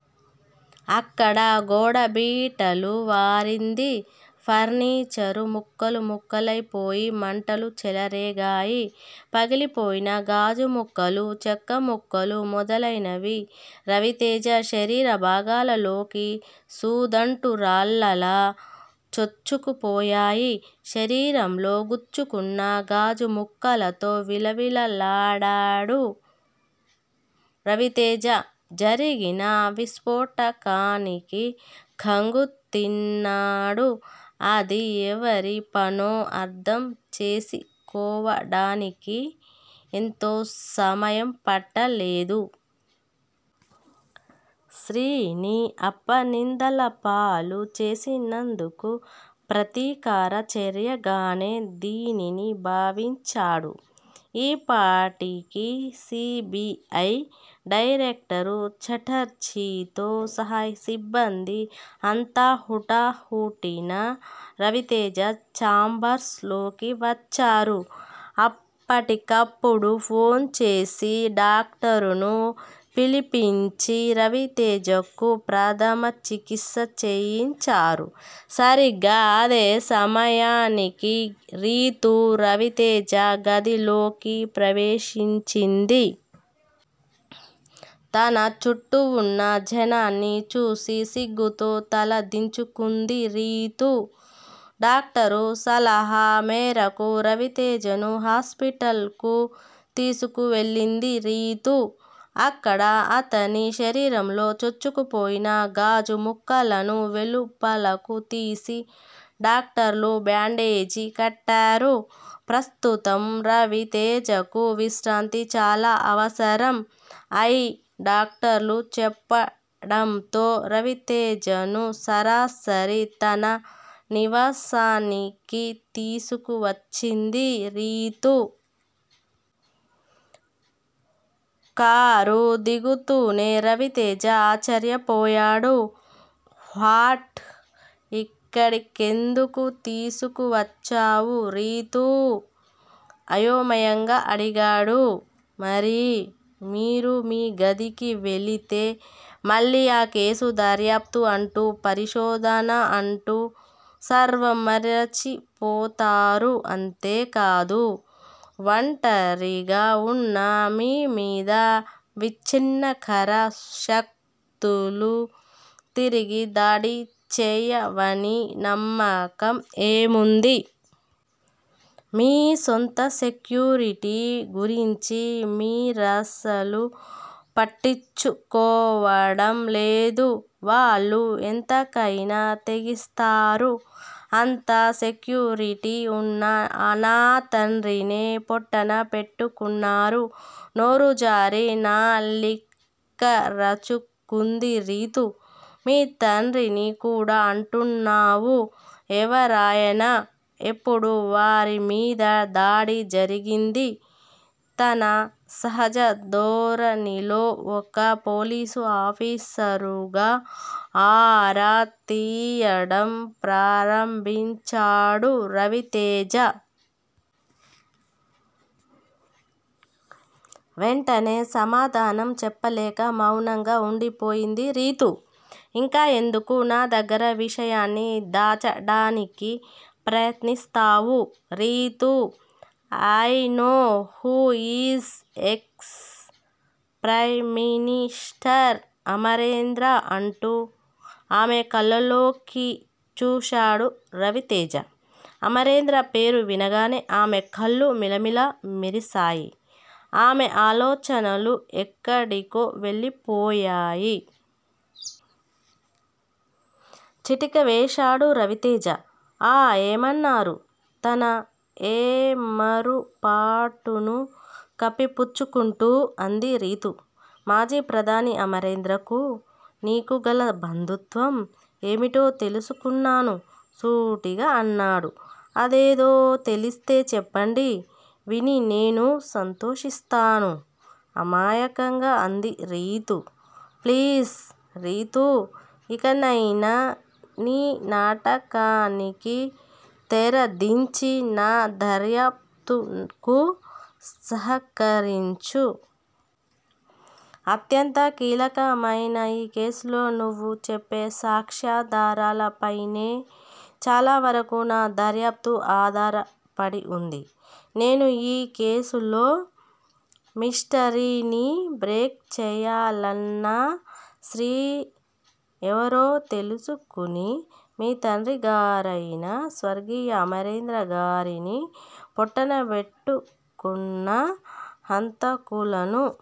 అక్కడ గోడ బీటలు వారింది. ఫర్నిచరు ముక్కలు ముక్కలయిపోయి మంటలు చెలరేగాయి. పగిలిపోయిన గాజు ముక్కలు, చెక్క ముక్కలు మొదలయినవిరవితేజ శరీర భాగాలలోకి సూదంటురాళ్ళలా చొచ్చుకుపోయాయి. శరీరంలో గుచ్చుకున్న గాజు ముక్కలతో విలవిలలాడాడు రవితేజ. జరిగిన విస్పోటకానికి ఖంగుతిన్నాడు. అది ఎవరి పనో అర్ధం చేసికోవడానికి ఎంతో సమయం పట్టలేదు. శ్రీ ని అపనిందలపాలు చేసినందుకు ప్రతీకార చర్యగానే దీనిని భావించాడు. ఈపాటికి సి. బి. ఐ. డైరక్టరు ఛటర్జీతో సహా సిబ్బంది అంతా హుటాహుటిన రవితేజ చాంబర్స్ లోకి వచ్చారు. అప్పటికప్పుడు ఫోన్ చేసి డాక్టరును పిలిపించి రవితేజకు ప్రథమ చికిత్స చేయించారు. సరిగ్గా అదే సమయానికి రీతూ రవితేజ గదిలోకి ప్రవేశించింది. తన చుట్టూ వున్న జనాన్ని చూసి సిగ్గుతో తల దించుకుంది రీతు. డాక్టరు సలహా మేరకు రవితేజను హాస్పిటల్ కు తీసుకువెళ్ళింది రీతు. అక్కడ అతని శరీరంలో చొచ్చుకుపోయిన గాజు ముక్కలను వెలుపలకు తీసి డాక్టర్లు బ్యాండేజీ కట్టారు. ప్రస్తుతం రవితేజకు విశ్రాంతి చాలా అవసరం ఐ డాక్టర్లు చెప్పడంతో రవితేజను సరాసరి తన నివాసానికి తీసుకువచ్చింది రీతు. కారు దిగుతూనే రవితేజ ఆశ్చర్యపోయాడు. వ్హ్వాట్! ఇక్కడికెందుకు తీసుకువచ్చావు రీతూ? అయోమయంగా అడిగాడు. మరి? మీరు మీ గదికి వెళితే మళ్ళీ ఆ కేసు దర్యాప్తు అంటూ, పరిశోధన అంటూ సర్వం మరచిపోతారు. అంతేకాదు. వంటరిగా వున్న మీ మీద విచ్చిన్నకర శక్తులు తిరిగి దాడి చేయవని నమ్మకం ఏముంది? మీ సొంత సెక్యూరిటీ గురించి మీరసలు పట్టించుకోవడం లేదు. వాళ్ళు ఎంతకయినా తెగిస్తారు. అంత సెక్యూరిటీ వున్న నా తండ్రినే పొట్టన పెట్టుకున్నారు నోరు జారి నాలిక్కరచుకుంది రీతు. మీ తండ్రిని కూడా అంటున్నావు, ఎవరాయన? ఎప్పుడు వారి మీద దాడి జరిగింది? తన సహజ ధోరణిలో ఒక పోలీసు ఆఫీసరుగా ఆరా తీయడం ప్రారంభించాడు రవితేజ. వెంటనే సమాధానం చెప్పలేక మౌనంగా వుండిపోయింది రీతు. ఇంకా ఎందుకు నా దగ్గర విషయాన్ని దాచడానికి ప్రయత్నిస్తావు Ritu? I know who is ex prime minister Amarendra అంటూ ఆమె కళ్ళలోకి చూశాడు రవితేజ. అమరేంద్ర పేరు వినగానే ఆమె కళ్ళు మిలమిల మెరిసాయి. ఆమె ఆలోచనలు ఎక్కడికో వెళ్ళిపోయాయి. చిటిక వేశాడు రవితేజ. ఆ ఏమన్నారు? తన ఏమరుపాటును కప్పిపుచ్చుకుంటూ అంది రీతు. మాజీ ప్రధాని అమరేంద్రకు. నీకు గల బంధుత్వం ఏమిటో తెలుసుకున్నాను సూటిగా అన్నాడు. అదేదో తెలిస్తే చెప్పండి, విని నేనూ సంతోషిస్తాను! అమాయకంగా అంది రీతు. ప్లీజ్, రీతూ! ఇకనైనా నీ నాటకానికి తెరదించి నా దర్యాప్తుకు సహకరించు. అత్యంత కీలకమైన ఈ కేసులో నువ్వు చెప్పే సాక్ష్యాధారాలపైనే చాలా వరకు నా దర్యాప్తు ఆధారపడి వుంది. నేను ఈ కేసులో మిష్టరీని బ్రేక్ చేయాలన్నా 'శ్రీ' ఎవరో తెలుసుకుని మీ తండ్రిగారయిన స్వర్గీయ అమరేంద్రగారిని పొట్టనపెట్టుకున్న హంతకులను